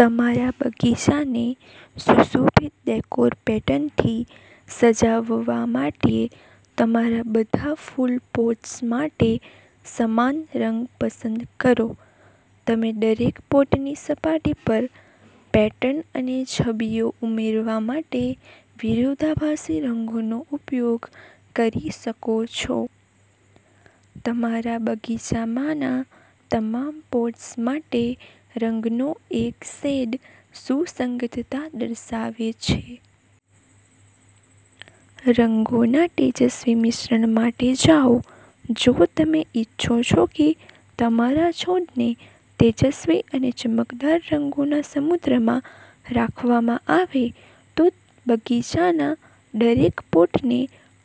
તમારા બગીચાને સુશોભિત ડેકોર પેટર્નથી સજાવવા માટે તમારા બધા ફૂલ પોટ્સ માટે સમાન રંગ પસંદ કરો. તમે દરેક પોટની સપાટી પર પેટર્ન અને છબીઓ ઉમેરવા માટે વિરોધાભાસી રંગોનો ઉપયોગ કરી શકો છો. તમારા બગીચામાંના તમામ પોટ્સ માટે રંગનો એક શેડ સુસંગતતા દર્શાવે છે. રંગોના તેજસ્વી મિશ્રણ માટે જાઓ જો તમે ઇચ્છો છો કે તમારા છોડને તેજસ્વી અને ચમકદાર રંગોના સમુદ્રમાં રાખવામાં આવે, તો બગીચાના દરેક પોટને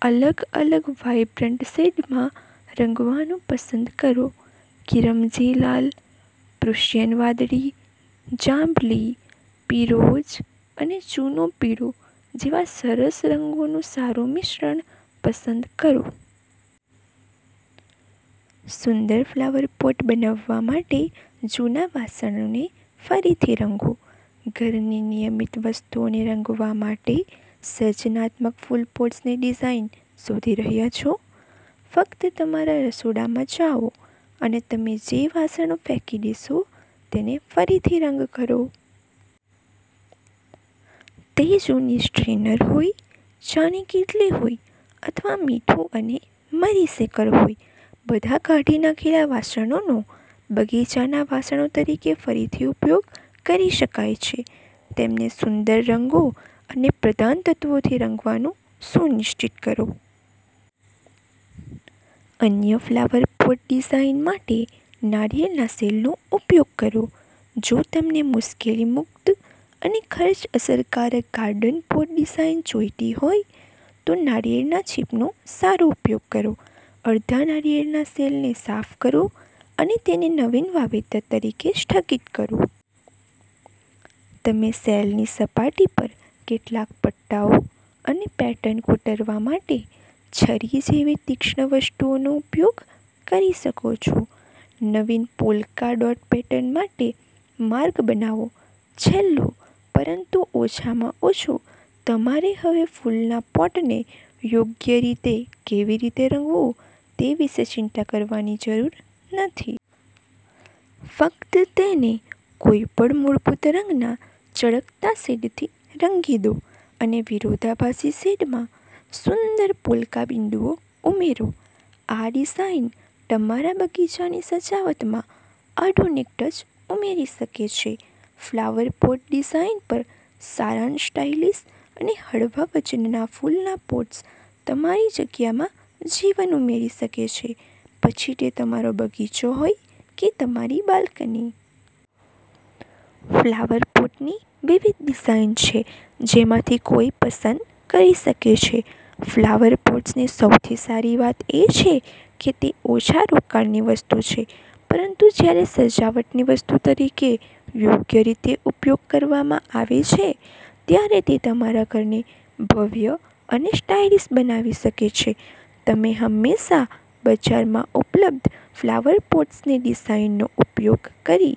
અલગ-અલગ વાઇબ્રન્ટ શેડમાં રંગવાનું પસંદ કરો. કિરમજી લાલ, પ્રુશિયન વાદળી, જાંબલી, પીરોજ અને ચૂનો પીળો જેવા સરસ રંગોનું સારું મિશ્રણ પસંદ કરો. સુંદર ફ્લાવર પોટ બનાવવા માટે જૂના વાસણોને ફરીથી રંગો ઘરની નિયમિત વસ્તુઓને રંગવા માટે સર્જનાત્મક ફૂલ પોટ્સની ડિઝાઇન શોધી રહ્યાં છો? ફક્ત તમારા રસોડામાં જાઓ અને તમે જે વાસણો ફેંકી દેશો તેને ફરીથી રંગ કરો. તે જૂની સ્ટ્રેનર હોય, ચાની કીટલી હોય, અથવા મીઠું અને મરી શેકર હોય, બધા કાઢી નાખેલા વાસણોનો બગીચાના વાસણો તરીકે ફરીથી ઉપયોગ કરી શકાય છે. તેમને સુંદર રંગો અને પ્રધાનતત્ત્વોથી રંગવાનું સુનિશ્ચિત કરો. અનન્ય ફ્લાવર પોટ ડિઝાઇન માટે નારિયેળના શેલનો ઉપયોગ કરો જો તમને મુશ્કેલી-મુક્ત અને ખર્ચ-અસરકારક ગાર્ડન પોટ ડિઝાઇન જોઈતી હોય, તો નારિયેળના છીપનો સારો ઉપયોગ કરો. અડધા નાળિયેરના શેલને સાફ કરો અને તેને નવીન વાવેતર તરીકે સ્થગિત કરો. તમે શેલની સપાટી પર કેટલાક પટ્ટાઓ અને પેટર્ન કોતરવા માટે છરી જેવી તીક્ષ્ણ વસ્તુનો ઉપયોગ કરી શકો છો. નવીન પોલ્કા ડોટ પેટર્ન માટે માર્ગ બનાવો છેલ્લું પરંતુ ઓછામાં ઓછું, તમારે હવે ફૂલના પોટને યોગ્ય રીતે કેવી રીતે રંગવું તે વિશે ચિંતા કરવાની જરૂર નથી. ફક્ત તેને કોઈપણ મૂળભૂત રંગના ચળકતા શેડથી રંગી દો અને વિરોધાભાસી શેડમાં સુંદર પોલ્કા બિંદુઓ ઉમેરો. આ ડિઝાઇન તમારા બગીચાની સજાવટમાં આધુનિક ટચ ઉમેરી શકે છે. ફ્લાવર પોટ ડિઝાઇન પર સારાંશ સ્ટાઇલિશ અને હળવા વજનના ફૂલના પોટ્સ તમારી જગ્યામાં જીવન ઉમેરી શકે છે, પછી તે તમારો બગીચો હોય કે તમારી બાલ્કની. ફ્લાવર પોટની વિવિધ ડિઝાઈન છે જેમાંથી કોઈ પસંદ કરી શકે છે. ફ્લાવર પોટ્સની સૌથી સારી વાત એ છે કે તે ઓછા રોકાણની વસ્તુ છે, પરંતુ જ્યારે સજાવટની વસ્તુ તરીકે યોગ્ય રીતે ઉપયોગ કરવામાં આવે છે, ત્યારે તે તમારા ઘરને ભવ્ય અને સ્ટાઇલિશ બનાવી શકે છે. તમે હંમેશા બજારમાં ઉપલબ્ધ ફ્લાવર પોટ્સની ડિઝાઇનનો ઉપયોગ કરી